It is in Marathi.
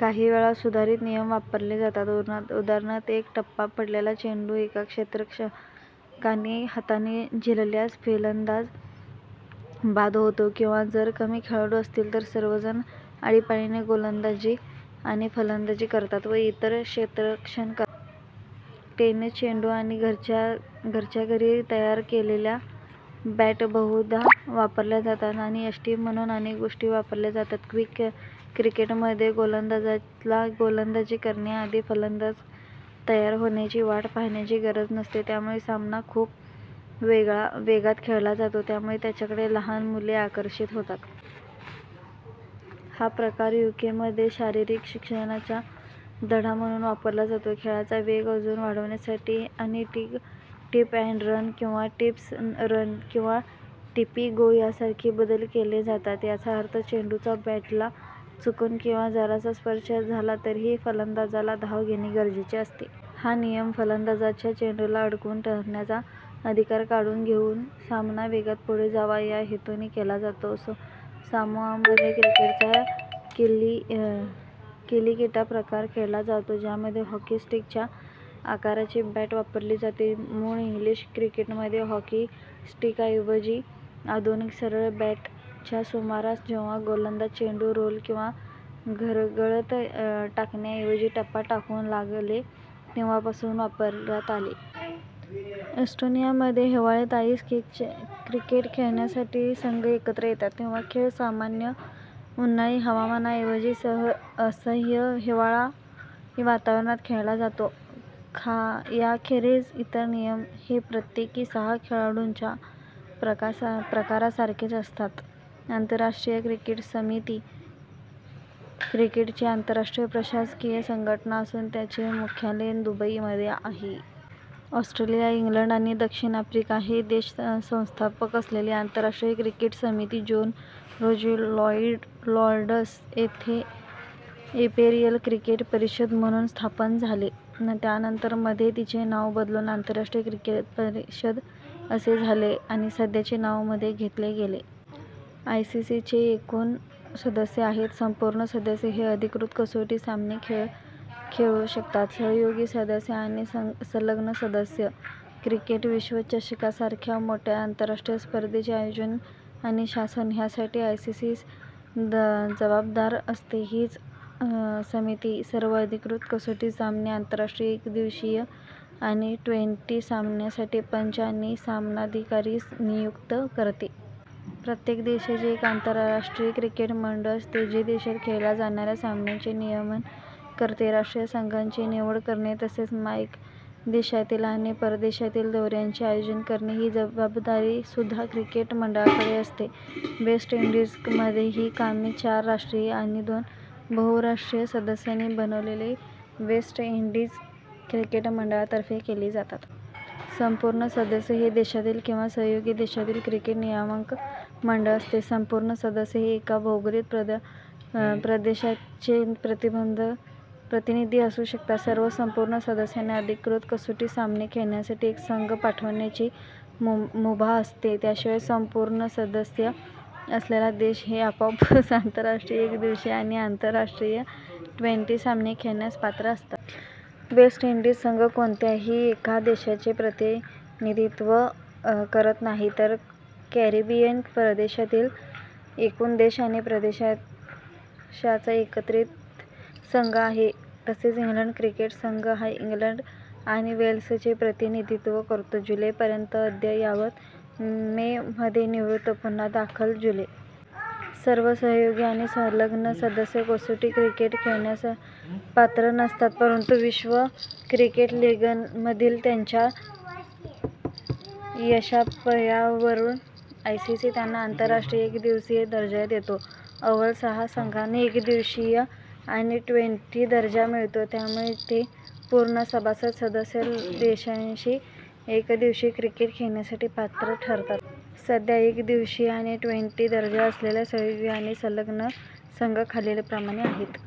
काही वेळा सुधारित नियम वापरले जातात: उदा. एक टप्पा पडलेला चेंडू एका क्षेत्ररक्षकाने हाताने झेलल्यास फलंदाज बाद होतो; किंवा जर कमी खेळाडू असतील तर सर्वजण आळीपाळीने गोलंदाजी आणि फलंदाजी करतात व इतर क्षेत्ररक्षण करतात. टेनिस चेंडू आणि घरच्या घरी तयार केलेल्या बॅट बहुधा वापरल्या जातात, आणि यष्टी म्हणून अनेक गोष्टी वापरल्या जातात. क्विक क्रिकेटमध्ये, गोलंदाजाला गोलंदाजी करण्याआधी फलंदाज तयार होण्याची वाट पाहण्याची गरज नसते, त्यामुळे सामना खूप वेगात खेळला जातो, त्यामुळे त्याकडे लहान मुले आकर्षित होतात. हा प्रकार यूकेमध्ये शारीरिक शिक्षणाचा धडा म्हणून वापरला जातो. खेळाचा वेग अजून वाढविण्यासाठी आणि "टिप अँड रन" किंवा "टिप्सी रन" किंवा "टिप्पी-गो" यासारखे बदल केले जातात. याचा अर्थ चेंडूचा बॅटला चुकून किंवा जरासा स्पर्श झाला तरीही फलंदाजाला धाव घेणे गरजेचे असते. हा नियम, फलंदाजाचा चेंडूला अडवून धरण्याचा अधिकार काढून घेऊन सामना वेगात पुढे जावा या हेतूने केला जातो. सामोआमध्ये क्रिकेटचा किलीकिटी प्रकार खेळला जातो, ज्यामध्ये हॉकी स्टिकच्या आकाराची बॅट वापरली जाते. मूळ इंग्लिश क्रिकेटमध्ये, हॉकी स्टिकऐवजी आधूनिक सरळ बॅट च्या सुमारास जेव्हा गोलंदाज चेंडू रोल किंवा घरंगळत टाकण्याऐवजी टप्पा टाकू लागले तेव्हापासून वापरात आली. एस्टोनियामध्ये हिवाळ्यात आईस क्रिकेट खेळण्यासाठी संघ एकत्र येतात. तेव्हा खेळ सामान्य उन्हाळी हवामानाऐवजी असह्य हिवाळी वातावरणात खेळला जातो. याखेरीज इतर नियम हे प्रत्येकी-सहा-खेळाडूंच्या प्रकारासारखेच असतात. आंतरराष्ट्रीय क्रिकेट समिती क्रिकेटची आंतरराष्ट्रीय प्रशासकीय संघटना असून, त्याचे मुख्यालय दुबई मध्ये आहे. ऑस्ट्रेलिया, इंग्लंड आणि दक्षिण आफ्रिका हे देश संस्थापक असलेली आंतरराष्ट्रीय क्रिकेट समिती जून रोजी लॉर्ड्स येथे इंपेरियल क्रिकेट परिषद म्हणून स्थापन झाली, त्यानंतर मध्ये तिचे नाव बदलून आंतरराष्ट्रीय क्रिकेट परिषद असे झाले, आणि सध्याचे नाव मध्ये घेतले गेले. आयसीसीचे एकूण सदस्य आहेत: संपूर्ण सदस्य जे अधिकृत कसोटी सामने खेळू शकतात, सहयोगी सदस्य, आणि संलग्न सदस्य. क्रिकेट विश्वचषकासारख्या मोठ्या आंतरराष्ट्रीय स्पर्धांचे आयोजिन आणि शासन ह्यासाठी आयसीसीस जबाबदार असते. हीच समिती सर्व अधिकृत कसोटी सामने, आंतरराष्ट्रीय एकदिवसीय आणि ट्वेंटी सामन्यांसाठी पंच आणि सामनाधिकारी नियुक्त करते. प्रत्येक देशाची एक राष्ट्रीय क्रिकेट मंडळ असते, जे देशात खेळल्या जाणाऱ्या सामन्यांचे नियमन करते. राष्ट्रीय संघाची निवड करणे तसेच मायदेशातील आणि परदेशातील दौऱ्यांचे आयोजन करणे ही जबाबदारीसुद्धा क्रिकेट मंडळाकडे असते. वेस्ट इंडीजमध्ये ही कामे चार राष्ट्रीय आणि दोन बहुराष्ट्रीय सदस्यांनी बनलेल्या वेस्ट इंडीज क्रिकेट मंडळातर्फे केली जातात. संपूर्ण सदस्य हे देशातील किंवा सहयोगी देशातील क्रिकेट नियामक मंडळ असते. संपूर्ण सदस्य हे एका भौगोलिक प्रदेशाचे प्रतिनिधी असू शकतात. सर्व संपूर्ण सदस्यांना अधिकृत कसोटी सामने खेळण्यासाठी एक संघ पाठवण्याची मुभा असते. त्याशिवाय, संपूर्ण सदस्य असलेल्या देश हे आपोआपच आंतरराष्ट्रीय एकदिवसीय आणि आंतरराष्ट्रीय ट्वेंटी सामने खेळण्यास पात्र असतात. वेस्ट इंडीज संघ कोणत्याही एका देशाचे प्रतिनिधित्व करत नाही तर कॅरिबियन प्रदेशातील एकूण देश आणि प्रदेशांचा एकत्रित संघ आहे. तसेच इंग्लंड क्रिकेट संघ हा इंग्लंड आणि वेल्सचे प्रतिनिधित्व करतो. जुलै पर्यंत अद्ययावत मे मध्ये निवृत्त, पुन्हा दाखल जुलै. सर्व सहयोगी आणि संलग्न सदस्य कसोटी क्रिकेट खेळण्यास पात्र नासतात, परंतु विश्व क्रिकेट लीगमधील त्यांच्या यशापयशावरून आयसीसी त्यांना आंतरराष्ट्रीय एकदिवसीय दर्जा देते. अव्वल सहा संघांना एकदिवसीय आणि ट्वेंटी दर्जा मिळतो, ज्यामुळे ते पूर्ण सभासद सदस्य देशांशी एकदिवसीय क्रिकेट खेळण्यासाठी पात्र ठरतात. सध्या एकदिवसीय आणि ट्वेंटी दर्जा असलेले सहयोगी आणि संलग्न संघ खालीलप्रमाणे आहेत.